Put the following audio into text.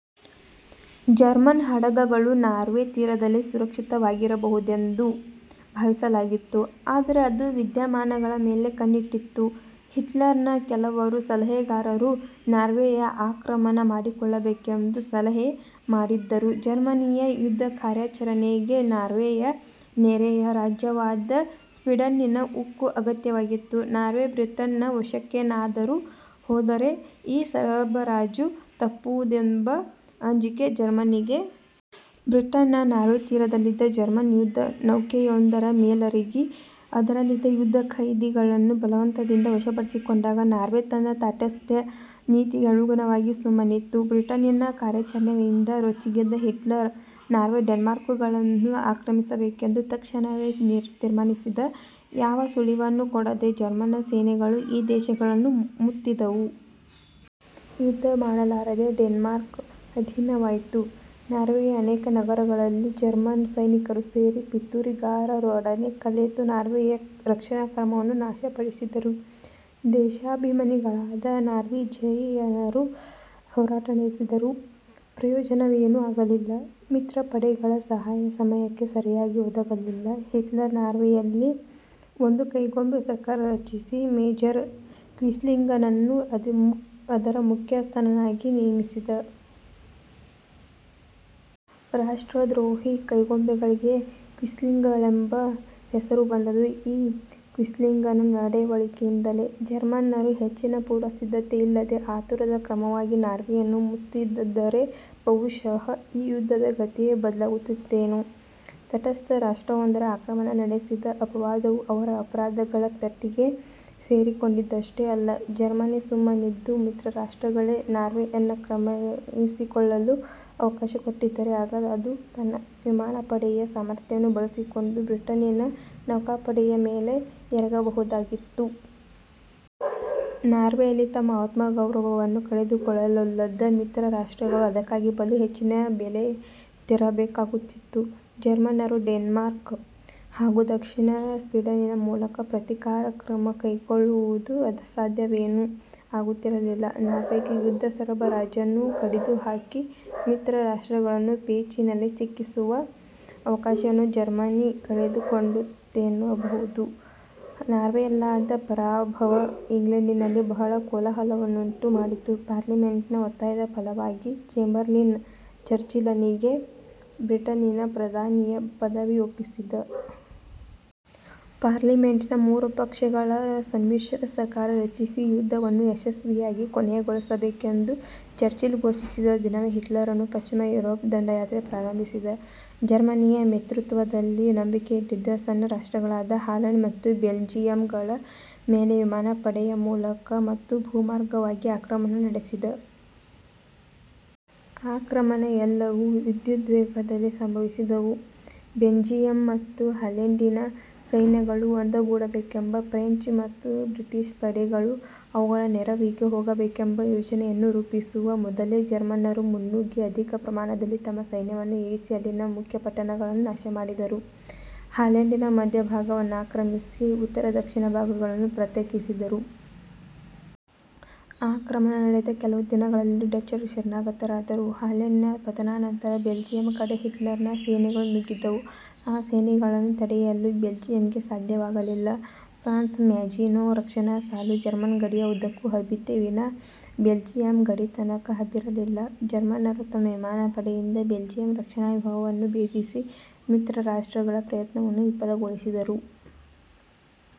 German ಹಡಗುಗಳು Norway ತೀರದಲ್ಲಿ ಸುರಕ್ಷಿತವಾಗಿರಬಹುದೆಂದು ಭಾವಿಸಲಾಗಿತ್ತು. ಆದರೆ ಅದು ವಿದ್ಯಮಾನಗಳ ಮೇಲೆ ಕಣ್ಣಿಟ್ಟಿತ್ತು. ಹಿಟ್ಲರನ ಕೆಲವರು ಸಲಹೆಗಾರರು ನಾರ್ವೆಯ ಆಕ್ರಮಣ ಮಾಡಿಕೊಳ್ಳಬೇಕೆಂದು ಸಲಹೆ ಮಾಡಿದ್ದರು. ಜರ್ಮನಿಯ ಯುದ್ಧಕಾರ್ಯಾಚರಣೆಗೆ ನಾರ್ವೆಯ ನೆರೆಯ ರಾಜ್ಯವಾದ ಸ್ಪೀಡನ್ನಿನ ಉಕ್ಕು ಅಗತ್ಯವಾಗಿತ್ತು. ನಾರ್ವೆ ಬ್ರಿಟನ್ನ ವಶಕ್ಕೇನಾದರೂ ಹೋದರೆ ಈ ಸರಬರಾಜು ತಪ್ಪುವುದೆಂಬ ಅಂಜಿಕೆ ಜರ್ಮನಿಗೆ. ಬ್ರಿಟನ್ ನಾರ್ವೆ ತೀರದಲ್ಲಿದ್ದ ಜರ್ಮನ್ ಯುದ್ಧ ನೌಕೆಯೊಂದರ ಮೇಲೆರಗಿ ಅದರಲ್ಲಿದ್ದ ಯುದ್ಧ ಖೈದಿಗಳನ್ನು ಬಲವಂತದಿಂದ ವಶಪಡಿಸಿಕೊಂಡಾಗ ನಾರ್ವೆ ತನ್ನ ತಾಟಸ್ಥ್ಯ ನೀತಿಗೆ ಅನುಗುಣವಾಗಿ ಸುಮ್ಮನಿತ್ತು. ಬ್ರಿಟನ್ನಿನ ಕಾರ್ಯಾಚರಣೆಯಿಂದ ರೊಚ್ಚಿಗೆದ್ದ ಹಿಟ್ಲರ್ ನಾರ್ವೆ ಡೆನ್ಮಾರ್ಕುಗಳನ್ನು ಆಕ್ರಮಿಸಬೇಕೆಂದು ತತ್ಕ್ಷಣವೇ ತೀರ್ಮಾನಿಸಿದ. ಯಾವ ಸುಳಿವನ್ನೂ ಕೊಡದೆ ಜರ್ಮನ್ ಸೇನೆಗಳು ಈ ದೇಶಗಳನ್ನು ಮುತ್ತಿದವು. ಯುದ್ಧ ಮಾಡಲಾರದೆ ಡೆನ್ಮಾರ್ಕ್ ಅಧೀನವಾಯಿತು. ನಾರ್ವೆಯ ಅನೇಕ ನಗರಗಳಲ್ಲಿ ಜರ್ಮನ್ ಸೈನಿಕರು ಸೇರಿ ಪಿತೂರಿಗಾರರೊಡನೆ ಕಲೆತು ನಾರ್ವೆಯ ರಕ್ಷಣಾಕ್ರಮವನ್ನು ನಾಶಪಡಿಸಿದರು. ದೇಶಾಭಿಮಾನಿಗಳಾದ ನಾರ್ವೀಜಿಯನರು ಹೋರಾಟ ನಡೆಸಿದರೂ ಪ್ರಯೋಜನವೇನೂ ಆಗಲಿಲ್ಲ. ಮಿತ್ರಪಡೆಗಳ ಸಹಾಯ ಸಮಯಕ್ಕೆ ಸರಿಯಾಗಿ ಒದಗಲಿಲ್ಲ. ಹಿಟ್ಲರ್ ನಾರ್ವೆಯಲ್ಲಿ ಒಂದು ಕೈಗೊಂಬೆ ಸರ್ಕಾರ ರಚಿಸಿ ಮೇಜರ್ ಕ್ವಿಸ್ಲಿಂಗನನ್ನು ಅದರ ಮುಖ್ಯಸ್ಥನ್ನಾಗಿ ನೇಮಿಸಿದ. ರಾಷ್ಟ್ರದ್ರೋಹಿ ಕೈಗೊಂಬೆಗಳಿಗೆ ಕ್ವಿಸ್ಲಿಂಗ್ಗಳೆಂಬ ಹೆಸರು ಬಂದದ್ದು ಈ ಕ್ವಿಸ್ಲಿಂಗನ ನಡೆವಳಿಕೆಯಿಂದಲೇ. ಜರ್ಮನ್ನರು ಹೆಚ್ಚಿನ ಪುರ್ವಸಿದ್ದತೆಯಿಲ್ಲದೆ ಆತುರದ ಕ್ರಮವಾಗಿ ನಾರ್ವೆಯನ್ನು ಮುತ್ತದಿದ್ದರೆ ಬಹುಶಃ ಈ ಯುದ್ಧದ ಗತಿಯೇ ಬದಲಾಗುತ್ತಿತ್ತೇನೋ. ತಟಸ್ಥ ರಾಷ್ಟ್ರವೊಂದರ ಆಕ್ರಮಣ ನಡೆಸಿದ ಅಪವಾದವೂ ಅವರ ಅಪರಾಧಗಳ ಪಟ್ಟಿಗೆ ಸೇರಿಕೊಂಡಿದ್ದಷ್ಟೇ ಅಲ್ಲ: ಜರ್ಮನಿ ಸುಮ್ಮನಿದ್ದು ಮಿತ್ರ ರಾಷ್ಟ್ರಗಳೇ ನಾರ್ವೆಯನ್ನಾಕ್ರಮಿಸಿಕೊಳ್ಳಲು ಅವಕಾಶ ಕೊಟ್ಟಿದ್ದರೆ ಆಗ ಅದು ತನ್ನ ವಿಮಾನಪಡೆಯ ಸಾಮರ್ಥ್ಯವನ್ನು ಬಳಸಿಕೊಂಡು ಬ್ರಿಟನ್ನಿನ ನೌಕಾಪಡೆಯ ಮೇಲೆ ಎರಗಬಹುದಾಗಿತ್ತು. ನಾರ್ವೆಯಲ್ಲಿ ತಮ್ಮ ಆತ್ಮಗೌರವವನ್ನೂ ಕಳೆದುಕೊಳ್ಳಲೊಲ್ಲದ ಮಿತ್ರರಾಷ್ಟ್ರಗಳು ಅದಕ್ಕಾಗಿ ಬಲು ಹೆಚ್ಚಿನ ಬೆಲೆ ತೆರಬೇಕಾಗುತ್ತಿತ್ತು. ಜರ್ಮನ್ನರು ಡೆನ್ಮಾರ್ಕ್ ಹಾಗೂ ದಕ್ಷಿಣ ಸ್ಪೀಡನಿನ ಮೂಲಕ ಪ್ರತೀಕಾರಕ್ರಮ ಕೈಕೊಳ್ಳುವುದು ಅಸಾಧ್ಯವೇನೂ ಆಗುತ್ತಿರಲಿಲ್ಲ. ನಾರ್ವೆಗೆ ಯುದ್ಧ ಸರಬರಾಜನ್ನು ಕಡಿದುಹಾಕಿ ಮಿತ್ರರಾಷ್ಟ್ರಗಳನ್ನು ಪೇಚಿನಲ್ಲಿ ಸಿಕ್ಕಿಸುವ ಅವಕಾಶವನ್ನು ಜರ್ಮನಿ ಕಳೆದುಕೊಂಡಿತೆನ್ನಬಹುದು. ನಾರ್ವೆಯಲ್ಲಾದ ಪರಾಭವ ಇಂಗ್ಲೆಂಡಿನಲ್ಲಿ ಬಹಳ ಕೋಲಾಹಲವನ್ನುಂಟು ಮಾಡಿತು, ಪಾರ್ಲಿಮೆಂಟಿನ ಒತ್ತಾಯದ ಫಲವಾಗಿ ಚೇಂಬರ್ಲಿನ್ ಚರ್ಚಿಲನಿಗೆ ಬ್ರಿಟನ್ನಿನ ಪ್ರಧಾನಿಯ ಪದವಿ ಒಪ್ಪಿಸಿದ. ಪಾರ್ಲಿಮೆಂಟಿನ ಮೂರು ಪಕ್ಷಗಳ ಸಮ್ಮಿಶ್ರ ಸರ್ಕಾರ ರಚಿಸಿ, ಯುದ್ಧವನ್ನು ಯಶಸ್ವಿಯಾಗಿ ಕೊನೆಗೊಳಿಸಬೇಕೆಂದು ಚರ್ಚಿಲ್ ಫೋಷಿಸಿದ ದಿನವೇ ಹಿಟ್ಲರನೂ ಪಶ್ಚಿಮ ಯುರೋಪ್ ದಂಡಯಾತ್ರೆ ಪ್ರಾರಂಭಿಸಿದ. ಜರ್ಮನಿಯ ಮಿತ್ರತ್ವದಲ್ಲಿ ನಂಬಿಕೆ ಇಟ್ಟಿದ್ದ ಸಣ್ಣ ರಾಷ್ಟ್ರಗಳಾದ ಹಾಲೆಂಡ್ ಮತ್ತು ಬೆಲ್ಜಿಯಂ ಗಳ ಮೇಲೆ ವಿಮಾನ ಪಡೆಯ ಮೂಲಕ ಮತ್ತು ಭೂಮಾರ್ಗವಾಗಿ ಆಕ್ರಮಣ ನಡೆಸಿದ. ಆಕ್ರಮಣವೆಲ್ಲವೂ ವಿದ್ಯುದ್ವೇಗದಲ್ಲಿ ಸಂಭವಿಸಿದವು. ಬೆಲ್ಜಿಯಂ ಮತ್ತು ಹಾಲೆಂಡಿನ ಸೈನ್ಯಗಳು ಒಂದುಗೂಡಬೇಕೆಂಬ, ಫ್ರೆಂಚ್ ಮತ್ತು ಬ್ರಿಟಿಷ್ ಪಡೆಗಳು ಅವುಗಳ ನೆರವಿಗೆ ಹೋಗಬೇಕೆಂಬ ಯೋಜನೆಯನ್ನು ರೂಪಿಸುವ ಮೊದಲೇ ಜರ್ಮನ್ನರು ಮುನ್ನುಗ್ಗಿ ಅಧಿಕ ಪ್ರಮಾಣದಲ್ಲಿ ತಮ್ಮ ಸೈನ್ಯವನ್ನು ಇಳಿಸಿ ಅಲ್ಲಿನ ಮುಖ್ಯಪಟ್ಟಣಗಳನ್ನು ನಾಶಮಾಡಿದರು; ಹಾಲೆಂಡಿನ ಮಧ್ಯಭಾಗವನ್ನಾಕ್ರಮಿಸಿ ಉತ್ತರ ದಕ್ಷಿಣಭಾಗಗಳನ್ನು ಪ್ರತ್ಯೇಕಿಸಿದರು. ಆಕ್ರಮಣ ನಡೆದ ಕೆಲವು ದಿನಗಳಲ್ಲಿ ಡಚ್ಚರು ಶರಣಾಗತರಾದರು. ಹಾಲೆಂಡ್ನ ಪತನಾನಂತರ ಬೆಲ್ಜಿಯಂ ಕಡೆ ಹಿಟ್ಲರನ ಸೇನೆಗಳು ನುಗ್ಗಿದವು. ಆ ಸೇನೆಗಳನ್ನು ತಡೆಯಲು ಬೆಲ್ಜಿಯಂಗೆ ಸಾಧ್ಯವಾಗಲಿಲ್ಲ. ಫ್ರಾನ್ಸ್ನ ಮ್ಯಾಜಿನೊ ರಕ್ಷಣಾ ಸಾಲು ಜರ್ಮನ್ ಗಡಿಯ ಉದ್ದಕ್ಕೂ ಹಬ್ಬಿತ್ತೇ ವಿನಾ ಬೆಲ್ಜಿಯಂ ಗಡಿಯತನಕ ಹಬ್ಬಿರಲಿಲ್ಲ. ಜರ್ಮನ್ನರು ತಮ್ಮ ವಿಮಾನ ಪಡೆಯಿಂದ ಬೆಲ್ಜಿಯಂ ರಕ್ಷಣಾ ವ್ಯೂಹವನ್ನು ಭೇದಿಸಿ, ಮಿತ್ರರಾಷ್ಟ್ರಗಳ ಪ್ರಯತ್ನವನ್ನು ವಿಫಲಗೊಳಿಸಿದರು.